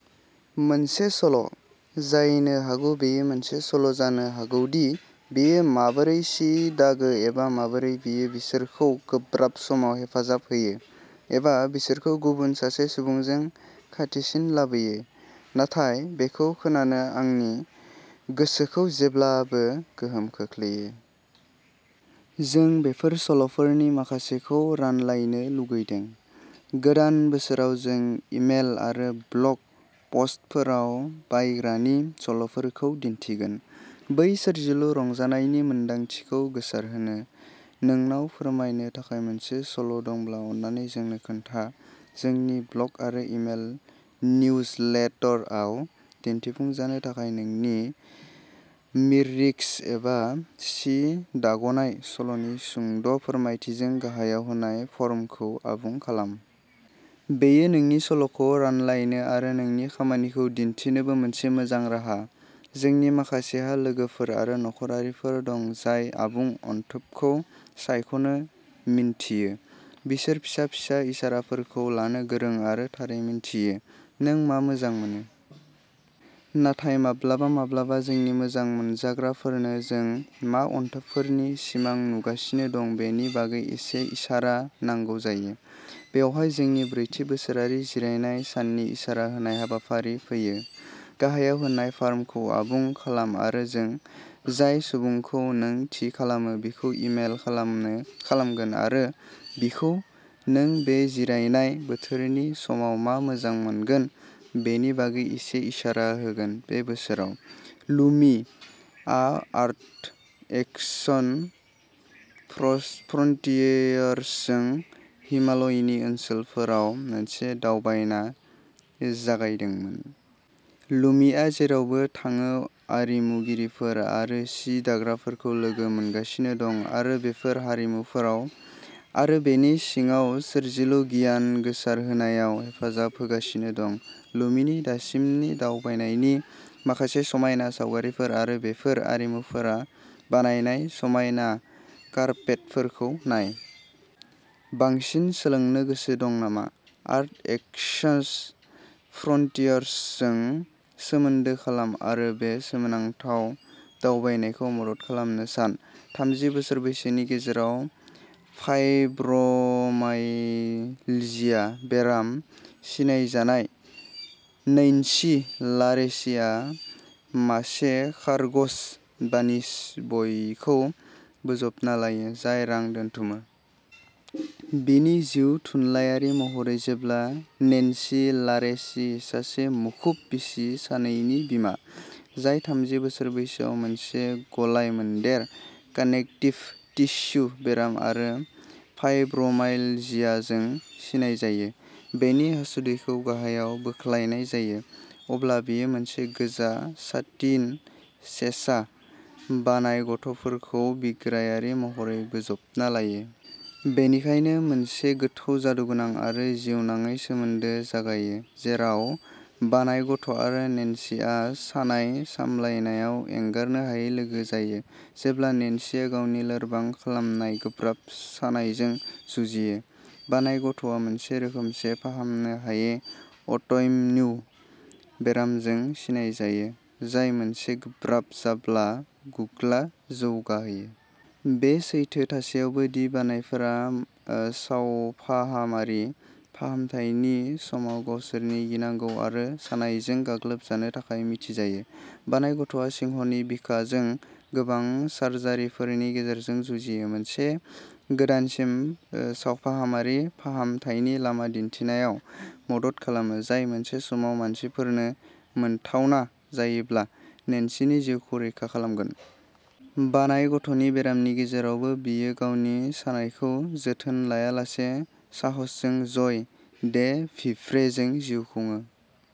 मोनसे सल'। जायनो हागौ बेयो मोनसे सल'जानो हागौ दि बियो माबोरै सि दागो एबा माबोरै बियो बिसोरखौ गोब्राब समाव हेफाजाब होयो एबा बिसोरखौ गुबुन सासे सुबुंजों खाथिसिन लाबोयो; नाथाय बेखौ खोनानो आंनि गोसोखौ जेब्लाबो गोहोम खोख्लैयो। जों बेफोर सल'फोरनि माखासेखौ रानलायनो लुगैदों। गोदान बोसोराव जों इमेल आरो ब्लग पस्टफोराव बायग्रानि सल'फोरखौ दिन्थिगोन, बै सोरजिलु रंजानायनि मोनदांथिखौ गोसारहोनो। नोंनाव फोरमायनो थाखाय मोनसे सल' दंब्ला अन्नानै जोंनो खोन्था जोंनि ब्लग आरो इमेल निउजलेटरआव दिन्थिफुंजानो थाखाय नोंनि मिर्रिक्स एबा सि दाग'नाय सल'नि सुंद' फोरमायथिजों गाहायाव होनाय फर्मखौ आबुं खालाम। बेयो नोंनि सल'खौ रानलायनो आरो नोंनि खामानिखौ दिन्थिनोबो मोनसे मोजां राहा! जोंनि माखासेहा लोगोफोर आरो नखरारिफोर दं जाय आबुं अनथोबखौ सायख'नो मिन्थियो। बिसोर फिसा-फिसा इसाराफोरखौ लानो गोरों आरो थारै मिन्थियो। नों मा मोजां मोनो। नाथाय माब्लाबा माब्लाबा जोंनि मोजां मोनजाग्राफोरनो जों मा अनथोबफोरनि सिमां नुगासिनो दं बेनि बागै एसे इसारा नांगौ जायो। बेवहाय जोंनि ब्रैथि बोसोरारि जिरायनाय साननि इसारा होनाय हाबाफारि फैयो। गाहायाव होनाय फार्मखौ आबुं खालाम आरो जों जाय सुबुंखौ नों थि खालामो बिखौ इमेल खालामनो खालामगोन आरो बिखौ नों बे जिरायनाय बोथोरनि समाव मा मोजां मोनगोन बेनि बागै एसे इसारा होगोन बे बोसोराव, "लुमी" आ आर्ट एक्सन फ्रस फ्रन्टियार्सजों हिमालयनि ओनसोलफोराव मोनसे दावबायना जागायदोंमोन। लुमीआ जेरावबो थाङो आरिमुगिरिफोर आरो सि दाग्राफोरखौ लोगो मोनगासिनो दं आरो बेफोर हारिमुफोराव आरो बेनि सिङाव सोरजिलु गियान गोसारहोनायाव हेफाजाब होगासिनो दं। लुमीनि दासिमनि दावबायनायनि माखासे समायना सावगारिफोर आरो बेफोर आरिमुगिरिफोरा बानायनाय समायना कार्पेटफोरखौ नाय। बांसिन सोलोंनो गोसो दं नामा? आर्ट एक्सास फ्रन्टियार्सजों सोमोन्दो खालाम आरो बे सोमोनांथाव दावबायनायखौ मदद खालामनो सान। थामजि बोसोर बैसोनि गेजेराव फाइब्रमाइल्जिया बेराम सिनायजानाय, नैन्सी लारेसीआ मासे खारगोश, बानिस बयखौ बोजबना लायो, जाय रां दोनथुमो। बिनि जिउ-थुनलायारि महरै जेब्ला नेन्सी लारेसी, सासे मुखुब बिसि सानैनि बिमा, जाय थामजि बोसोर बैसोआव मोनसे गलाय-मोनदेर कानेक्टिभ टिस्यु बेराम आरो फाइब्रोमाइल्जियाजों सिनायजायो, बेनि हासुदैखौ गाहायाव बोख्लायनाय जायो, अब्ला बियो मोनसे गोजा साटिन सेसा, बानाइ गथ'खौ बिग्रायारि महरै बोजबना लायो। बेनिखायनो मोनसे गोथौ जादुगोनां आरो जिउनाङै सोमोन्दो जागायो, जेराव बानाइ गथ' आरो नेन्सीआ सानाय सामलायनायाव एंगारनो हायै लोगो जायो। जेब्ला नेन्सीया गावनि लोरबां खालामनाय गोब्राब सानायजों जुजियो, बानाइ गथ'आ मोनसे रोखोमसे फाहामनो हायै अट'यम्यिनु बेरामजों सिनायजायो, जाय मोनसे गोब्राब जाब्ला गुग्ला जौगाहोयो। बे सैथो थासेयावबो दि बानाइफोरा सावफाहामारि फाहामथायनि समाव गावसोरनि गिनांगौ आरो सानायजों गाग्लोबजानो थाखाय मिथिजायो, बानाइ गथ'आ सिंहनि बिखाजों गोबां सार्जारिफोरनि गेजेरजों जुजियो, मोनसे गोदानसिम ओ सावफाहामारि फाहामथायनि लामा दिन्थिनायाव मदद खालामो, जाय मोनसे समाव मानसिफोरनो मोनथावना जायोब्ला, नेन्सीनि जिउखौ रैखा खालामगोन। बानाइ गथ'नि बेरामनि गेजेरावबो बियो गावनि सानायखौ जोथोन लायालासे साहसजों जय डे भिभ्रेजों जिउ खुङो ।